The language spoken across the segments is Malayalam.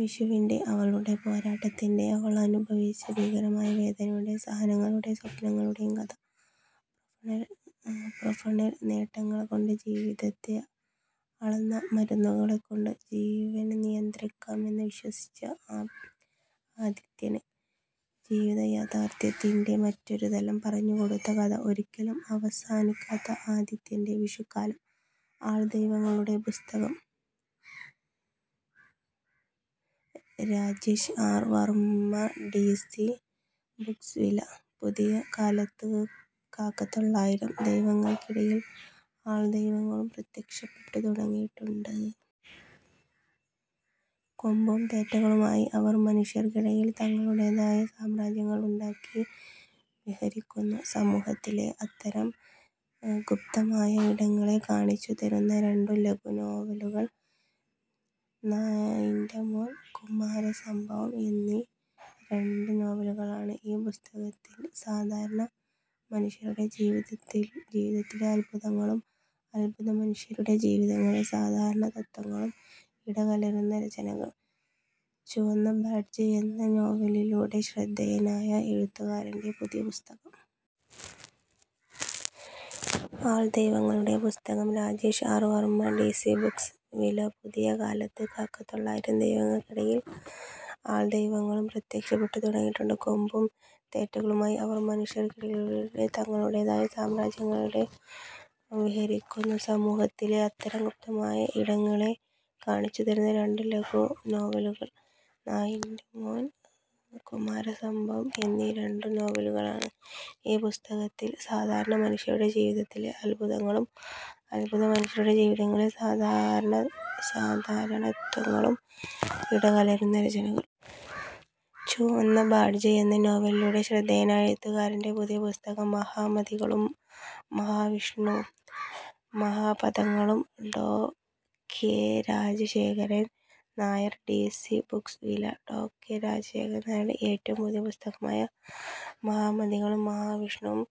വിഷുവിന്റെ... അവളുടെ പോരാട്ടത്തിന്റെ... അവളനുഭവിച്ച ഭീകരമായ വേദനയുടെ... സഹനങ്ങളുടെ... സ്വപ്നങ്ങളുടെ കഥ. പ്രൊഫണൽ നേട്ടങ്ങൾകൊണ്ട് ജീവിതത്തെ അളന്ന, മരുന്നുകൾകൊണ്ട് ജീവനെ നിയന്ത്രിക്കാമെന്ന് വിശ്വസിച്ച ആദിത്യന് ജീവിതയാഥാർഥ്യത്തിന്റെ മറ്റൊരുതലം പറഞ്ഞുകൊടുത്ത കഥ. ഒരിക്കലും അവസാനിക്കാത്ത ആദിത്യന്റെ 'വിഷു'ക്കാലം. ആൾ ദൈവങ്ങളുടെ പുസ്തകം Rajesh R. Varma D C books വില: പുതിയ കാലത്ത് കാക്കത്തൊള്ളായിരം ദൈവങ്ങൾക്കിടയിൽ ആൾദൈവങ്ങളും പ്രത്യക്ഷപ്പെട്ടു തുടങ്ങിയിട്ടുണ്ട്. കൊമ്പും തേറ്റകളുമായി അവർ മനുഷ്യർക്കിടയിൽ തങ്ങളുടേതായ സാമ്രാജ്യങ്ങളുണ്ടാക്കി വിഹരിക്കുന്നു. സമൂഹത്തിലെ അത്തരം ഗുപ്തമായ ഇടങ്ങളെ കാണിച്ചുതരുന്ന രണ്ടു ലഘുനോവലുകൾ. നായിന്റെ മോൻ, കുമാരസംഭവം എന്നീ രണ്ടു നോവലുകളാണ് ഈ പുസ്തകത്തിൽ സാധാരണ മനുഷ്യരുടെ ജീവിതത്തിലെ അദ്ഭുതങ്ങളും അദ്ഭുതമനുഷ്യരുടെ ജീവിതങ്ങളിലെ സാധാരണത്വങ്ങളും ഇടകലരുന്ന രചനകൾ. ചുവന്ന ബാഡ്ജ് എന്ന നോവലിലൂടെ ശ്രദ്ധേയനായ എഴുത്തുകാരന്റെ പുതിയ പുസ്തകം. ആൾ ദൈവങ്ങളുടെ പുസ്തകം Rajesh R. Varma D C books വില: പുതിയ കാലത്ത് കാക്കത്തൊള്ളായിരം ദൈവങ്ങൾക്കിടയിൽ ആൾദൈവങ്ങളും പ്രത്യക്ഷപ്പെട്ടു തുടങ്ങിയിട്ടുണ്ട്. കൊമ്പും തേറ്റകളുമായി അവർ മനുഷ്യർക്കിടയിൽ തങ്ങളുടേതായ സാമ്രാജ്യങ്ങളുണ്ടാക്കി വിഹരിക്കുന്നു. സമൂഹത്തിലെ അത്തരം ഗുപ്തമായ ഇടങ്ങളെ കാണിച്ചുതരുന്ന രണ്ടു ലഘുനോവലുകൾ. നായിന്റെ മോൻ, കുമാരസംഭവം എന്നീ രണ്ടു നോവലുകളാണ് ഈ പുസ്തകത്തിൽ സാധാരണ മനുഷ്യരുടെ ജീവിതങ്ങളിലെ അദ്ഭുതങ്ങളും അദ്ഭുതമനുഷ്യരുടെ ജീവിതത്തിലെ സാധാരണ സാധാരണത്വങ്ങളും ഇടകലരുന്ന രചനകൾ. ചുവന്ന ബാഡ്ജ് എന്ന നോവലിലൂടെ ശ്രദ്ധേയനായ എഴുത്തുകാരന്റെ പുതിയ പുസ്തകം. മഹാമതികളും മഹാവിഷ്ണുവും മഹാപഥങ്ങളും ഡോ. K. Rajasekharan Nair D C books വില: ഡോ. കെ. രാജശേഖരൻ നായരുടെ ഏറ്റവും പുതിയ പുസ്തകമായ 'മഹാമതികളും മഹാവിഷ്ണുവും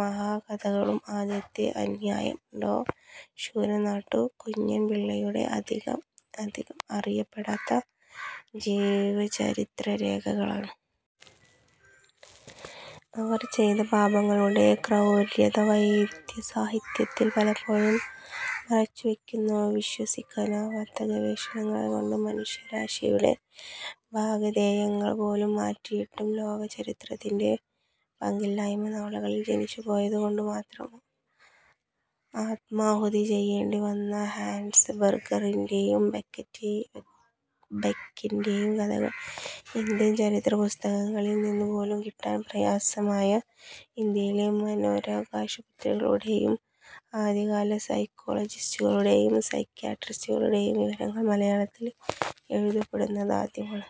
മഹാപഥങ്ങളും'. ആദ്യത്തെ അന്യായം ഡോ. ശൂരനാട്ടു കുഞ്ഞൻപിള്ളയുടെ അധികം അറിയപ്പെടാത്ത ജീവചരിത്രരേഖകളാണ്. അവർ ചെയ്ത പാപങ്ങളുടെ ക്രൗര്യത വൈദ്യസാഹിത്യത്തിൽ പലപ്പോഴും മറച്ചുവെക്കുന്നു. വിശ്വസിക്കാനാകാത്ത ഗവേഷണങ്ങൾകൊണ്ട് മനുഷ്യരാശിയുടെ ഭാഗധേയങ്ങൾപോലും മാറ്റിയിട്ടും ലോകചരിത്രത്തിന്റെ പങ്കിലമായ നാളുകളിൽ ജനിച്ചുപോയതുകൊണ്ടുമാത്രം ആത്മാഹുതി ചെയ്യേണ്ടിവന്ന ഹാൻസ് ബെർഗറിന്റെയും ബെക്കിറ്റി ബെക്കിന്റെയും കഥകൾ. ഇന്ത്യൻ ചരിത്രപുസ്തകങ്ങളിൽ നിന്നു പോലും കിട്ടാൻ പ്രയാസമായ ഇന്ത്യയിലെ മനോരോഗാശുപത്രികളുടെയും ആദ്യകാല സൈക്കോളജിസ്റ്റുകളുടെയും സൈക്യാട്രിസ്റ്റുകളുടെയും വിവരങ്ങൾ മലയാളത്തിൽ എഴുതപ്പെടുന്നത് ആദ്യമാണ്.